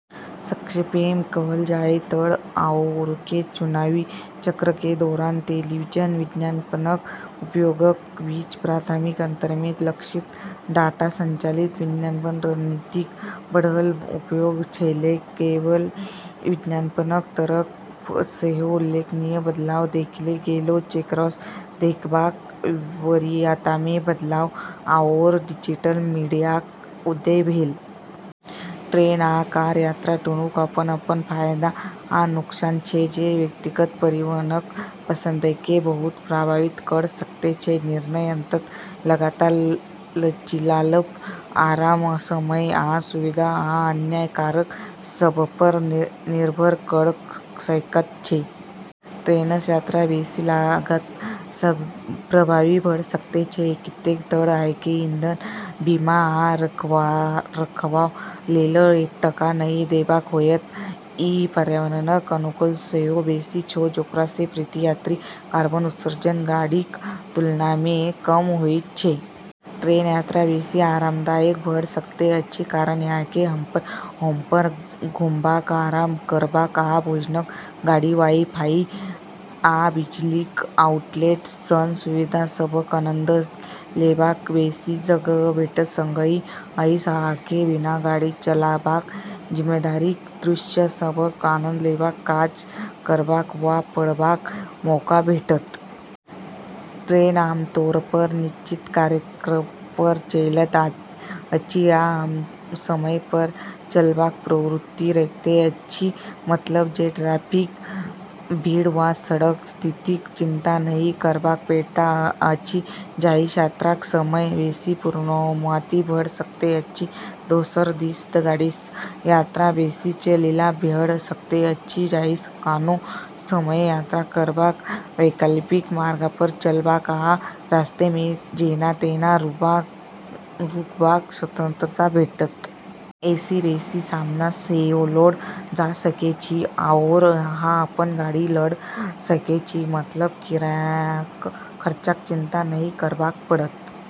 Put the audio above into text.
संक्षेपमे कहल जाय तऽ आओरके चुनावी चक्रक दौरान टेलीविजन विज्ञापनक उपयोगक बीच प्राथमिक अंतरमे लक्षित, डाटा संचालित विज्ञापन रणनीतिक बढ़ल उपयोग छलैक। केबल विज्ञापनक तरफ सेहो उल्लेखनीय बदलाव देखल गेलै, जेकरासँ देखबाक वरीयतामे बदलाव आओर डिजिटल मीडियाक उदय भेल। ट्रेन आ कार यात्रा दूनूक अपन-अपन फायदा आ नुकसान छै जे व्यक्तिक परिवहनक पसंदकेँ बहुत प्रभावित कऽ सकैत छै। निर्णय अंततः लागत, लचीलापन, आराम, समय आ सुविधा, आ अन्य कारक सभपर निर्भर कऽ सकैत छै। ट्रेनसँ यात्रा बेसी लागत प्रभावी भऽ सकैत छै, किऐक तऽ अहाँकेँ ईंधन, बीमा, आ रखरखाव लेल टका नहि देबाक होयत। ई पर्यावरणक अनुकूल सेहो बेसी छै, जेकरासँ प्रति यात्री कार्बन उत्सर्जन गाड़ीक तुलनामे कम होइत छै। ट्रेन यात्रा बेसी आरामदायक भऽ सकैत अछि, कारण, अहाँकेँ एम्हर-ओम्हर घुमबाक, आराम करबाक, आ भोजनक गाड़ी, वाई-फाई, आ बिजलीक आउटलेट सन सुविधा सभक आनंद लेबाक बेसी जगह भेटत। संगहि एहिसँ अहाँकेँ बिना गाड़ी चलाबाक जिम्मेदारीक दृश्य सभक आनंद लेबाक, काज करबाक वा पढ़बाक मौका भेटत। ट्रेन आमतौरपर निश्चित कार्यक्रमपर चलैत अछि आ समयपर चलबाक प्रवृत्ति रखैत अछि, मतलब जे ट्रैफिकक भीड़ वा सड़कक स्थितिक चिंता नहि करबाक पड़ैत अछि, जाहिसँ यात्राक समय बेसी पूर्वानुमानित भऽ सकैत अछि। दोसर दिस, गाड़ीसँ यात्रा बेसी लचीला भऽ सकैत अछि, जाहिसँ कोनो समय यात्रा करबाक, वैकल्पिक मार्गपर चलबाक, आ रास्तामे जेना-तेना रुकबाक स्वतंत्रता भेटत। एहिसँ बेसी सामान सेहो लऽ जा सकै छी, आओर अहाँ अपन गाड़ी लऽ सकै छी, मतलब किरायाक खर्चाक चिंता नहि करबाक पड़त।